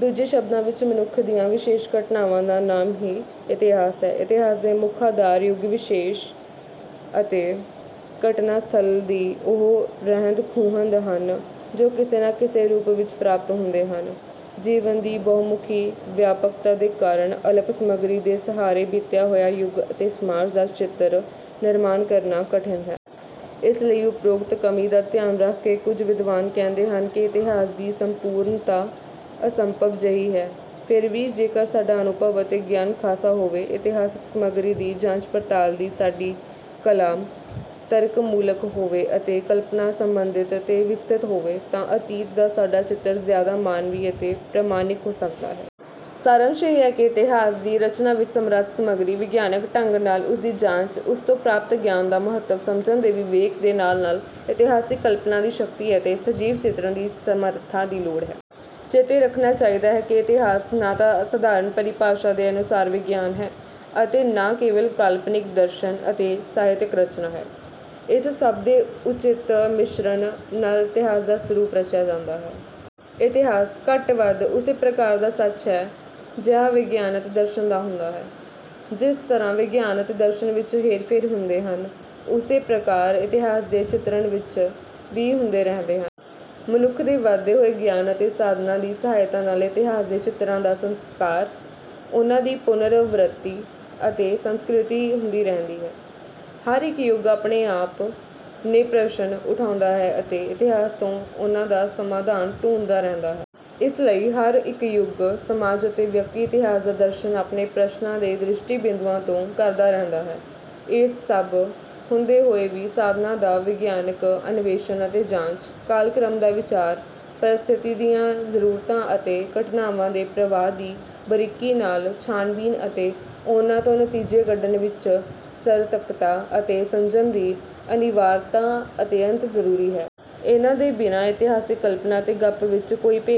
ਦੂਜੇ ਸ਼ਬਦਾਂ ਵਿੱਚ ਮਨੁੱਖ ਦੀਆਂ ਵਿਸ਼ੇਸ਼ ਘਟਨਾਵਾਂ ਦਾ ਨਾਮ ਹੀ ਇਤਿਹਾਸ ਹੈ। ਇਤਿਹਾਸ ਦੇ ਮੁੱਖ ਆਧਾਰ ਯੁਗ-ਵਿਸ਼ੇਸ਼ ਅਤੇ ਘਟਨਾ-ਸਥਲ ਦੀ ਉਹ ਰਹਿੰਦ-ਖੂਹੰਦ ਹਨ ਜੋ ਕਿਸੇ ਨਾ ਕਿਸੇ ਰੂਪ ਵਿੱਚ ਪ੍ਰਾਪਤ ਹੁੰਦੇ ਹਨ। ਜੀਵਨ ਦੀ ਬਹੁਮੁਖੀ ਵਿਆਪਕਤਾ ਦੇ ਕਾਰਨ ਅਲਪ ਸਮੱਗਰੀ ਦੇ ਸਹਾਰੇ ਬੀਤਿਆ ਹੋਇਆ ਯੁੱਗ ਅਤੇ ਸਮਾਜ ਦਾ ਚਿੱਤਰ-ਨਿਰਮਾਣ ਕਰਨਾ ਕਠਿਨ ਹੈ। ਇਸ ਲਈ ਉਪਰੋਕਤ ਕਮੀ ਦਾ ਧਿਆਨ ਰੱਖ ਕੇ ਕੁੱਝ ਵਿਦਵਾਨ ਕਹਿੰਦੇ ਹਨ ਕਿ ਇਤਿਹਾਸ ਦੀ ਸੰਪੂਰਨਤਾ ਅਸੰਭਵ ਜਿਹੀ ਹੈ। ਫਿਰ ਵੀ ਜੇਕਰ ਸਾਡਾ ਅਨੁਭਵ ਅਤੇ ਗਿਆਨ ਖਾਸਾ ਹੋਵੇ, ਇਤਿਹਾਸਕ ਸਮੱਗਰੀ ਦੀ ਜਾਂਚ-ਪੜਤਾਲ ਦੀ ਸਾਡੀ ਕਲਾ ਤਰਕਮੂਲਕ ਹੋਵੇ ਅਤੇ ਕਲਪਨਾ ਸੰਬੰਧਿਤ ਤੇ ਵਿਕਸਿਤ ਹੋਵੇ, ਤਾਂ ਅਤੀਤ ਦਾ ਸਾਡਾ ਚਿੱਤਰ ਜ਼ਿਆਦਾ ਮਾਨਵੀ ਅਤੇ ਪ੍ਰਮਾਣਿਕ ਹੋ ਸਕਦਾ ਹੈ। ਸਾਰੰਸ਼ ਇਹ ਹੈ ਕਿ ਇਤਿਹਾਸ ਦੀ ਰਚਨਾ ਵਿੱਚ ਸਮਰੱਥ ਸਮੱਗਰੀ, ਵਿਗਿਆਨਕ ਢੰਗ ਨਾਲ ਉਸਦੀ ਜਾਂਚ, ਉਸ ਤੋਂ ਪ੍ਰਾਪਤ ਗਿਆਨ ਦਾ ਮਹੱਤਵ ਸਮਝਣ ਦੇ ਵਿਵੇਕ ਦੇ ਨਾਲ-ਨਾਲ ਇਤਿਹਾਸਕ ਕਲਪਨਾ ਦੀ ਸ਼ਕਤੀ ਅਤੇ ਸਜੀਵ ਚਿਤਰਣ ਦੀ ਸਮਰੱਥਾ ਦੀ ਲੋੜ ਹੈ। ਚੇਤੇ ਰੱਖਣਾ ਚਾਹੀਦਾ ਹੈ ਕਿ ਇਤਿਹਾਸ ਨਾ ਤਾਂ ਸਧਾਰਨ ਪਰਿਭਾਸ਼ਾ ਦੇ ਅਨੁਸਾਰ ਵਿਗਿਆਨ ਹੈ ਅਤੇ ਨਾ ਕੇਵਲ ਕਾਲਪਨਿਕ ਦਰਸ਼ਨ ਅਤੇ ਸਾਹਿਤਕ ਰਚਨਾ ਹੈ। ਇਸ ਸਭ ਦੇ ਉਚਿਤ ਮਿਸ਼ਰਣ ਨਾਲ ਇਤਿਹਾਸ ਦਾ ਸਰੂਪ ਰਚਿਆ ਜਾਂਦਾ ਹੈ। ਇਤਿਹਾਸ ਘੱਟ-ਵੱਧ ਉਸੇ ਪ੍ਰਕਾਰ ਦਾ ਸੱਚ ਹੈ ਜਿਹਾ ਵਿਗਿਆਨ ਅਤੇ ਦਰਸ਼ਨ ਦਾ ਹੁੰਦਾ ਹੈ। ਜਿਸ ਤਰ੍ਹਾਂ ਵਿਗਿਆਨ ਅਤੇ ਦਰਸ਼ਨ ਵਿੱਚ ਹੇਰ-ਫੇਰ ਹੁੰਦੇ ਹਨ, ਉਸੇ ਪ੍ਰਕਾਰ ਇਤਿਹਾਸ ਦੇ ਚਿਤਰਣ ਵਿੱਚ ਵੀ ਹੁੰਦੇ ਰਹਿੰਦੇ ਹਨ। ਮਨੁੱਖ ਦੇ ਵੱਧਦੇ ਹੋਏ ਗਿਆਨ ਅਤੇ ਸਾਧਨਾਂ ਦੀ ਸਹਾਇਤਾ ਨਾਲ ਇਤਿਹਾਸ ਦੇ ਚਿੱਤਰਾਂ ਦਾ ਸੰਸਕਾਰ, ਉਨ੍ਹਾਂ ਦੀ ਪੁਨਰ-ਵ੍ਰੱਤੀ ਅਤੇ ਸੰਸਕ੍ਰਿਤੀ ਹੁੰਦੀ ਰਹਿੰਦੀ ਹੈ। ਹਰ ਇੱਕ ਯੁੱਗ ਆਪਣੇ-ਆਪਣੇ ਪ੍ਰਸ਼ਨ ਉਠਾਉਂਦਾ ਹੈ ਅਤੇ ਇਤਿਹਾਸ ਤੋਂ ਉਨ੍ਹਾਂ ਦਾ ਸਮਾਧਾਨ ਢੂੰਢਦਾ ਰਹਿੰਦਾ ਹੈ। ਇਸ ਲਈ ਹਰ ਇੱਕ ਯੁੱਗ, ਸਮਾਜ ਅਤੇ ਵਿਅਕਤੀ ਇਤਿਹਾਸ ਦਾ ਦਰਸ਼ਨ ਆਪਣੇ ਪ੍ਰਸ਼ਨਾਂ ਦੇ ਦ੍ਰਿਸ਼ਟੀ-ਬਿੰਦੂਆਂ ਤੋਂ ਕਰਦਾ ਰਹਿੰਦਾ ਹੈ। ਇਹ ਸਭ ਹੁੰਦੇ ਹੋਏ ਵੀ ਸਾਧਨਾਂ ਦਾ ਵਿਗਿਆਨਕ ਅਨਵੇਸ਼ਣ ਅਤੇ ਜਾਂਚ, ਕਾਲ-ਕ੍ਰਮ ਦਾ ਵਿਚਾਰ, ਪਰਿਸਥਿਤੀ ਦੀਆਂ ਜ਼ਰੂਰਤਾਂ ਅਤੇ ਘਟਨਾਵਾਂ ਦੇ ਪ੍ਰਵਾਹ ਦੀ ਬਰੀਕੀ ਨਾਲ ਛਾਣਬੀਣ ਅਤੇ ਉਨ੍ਹਾਂ ਤੋਂ ਨਤੀਜੇ ਕੱਢਣ ਵਿੱਚ ਸਰਤਕਤਾ ਅਤੇ ਸੰਜਮ ਦੀ ਅਨਿਵਾਰਤਾ ਅਤਿਅੰਤ ਜ਼ਰੂਰੀ ਹੈ। ਇਨ੍ਹਾਂ ਦੇ ਬਿਨਾਂ ਇਤਿਹਾਸਕ ਕਲਪਨਾ ਅਤੇ ਗੱਪ ਵਿੱਚ ਕੋਈ ਭੇਦ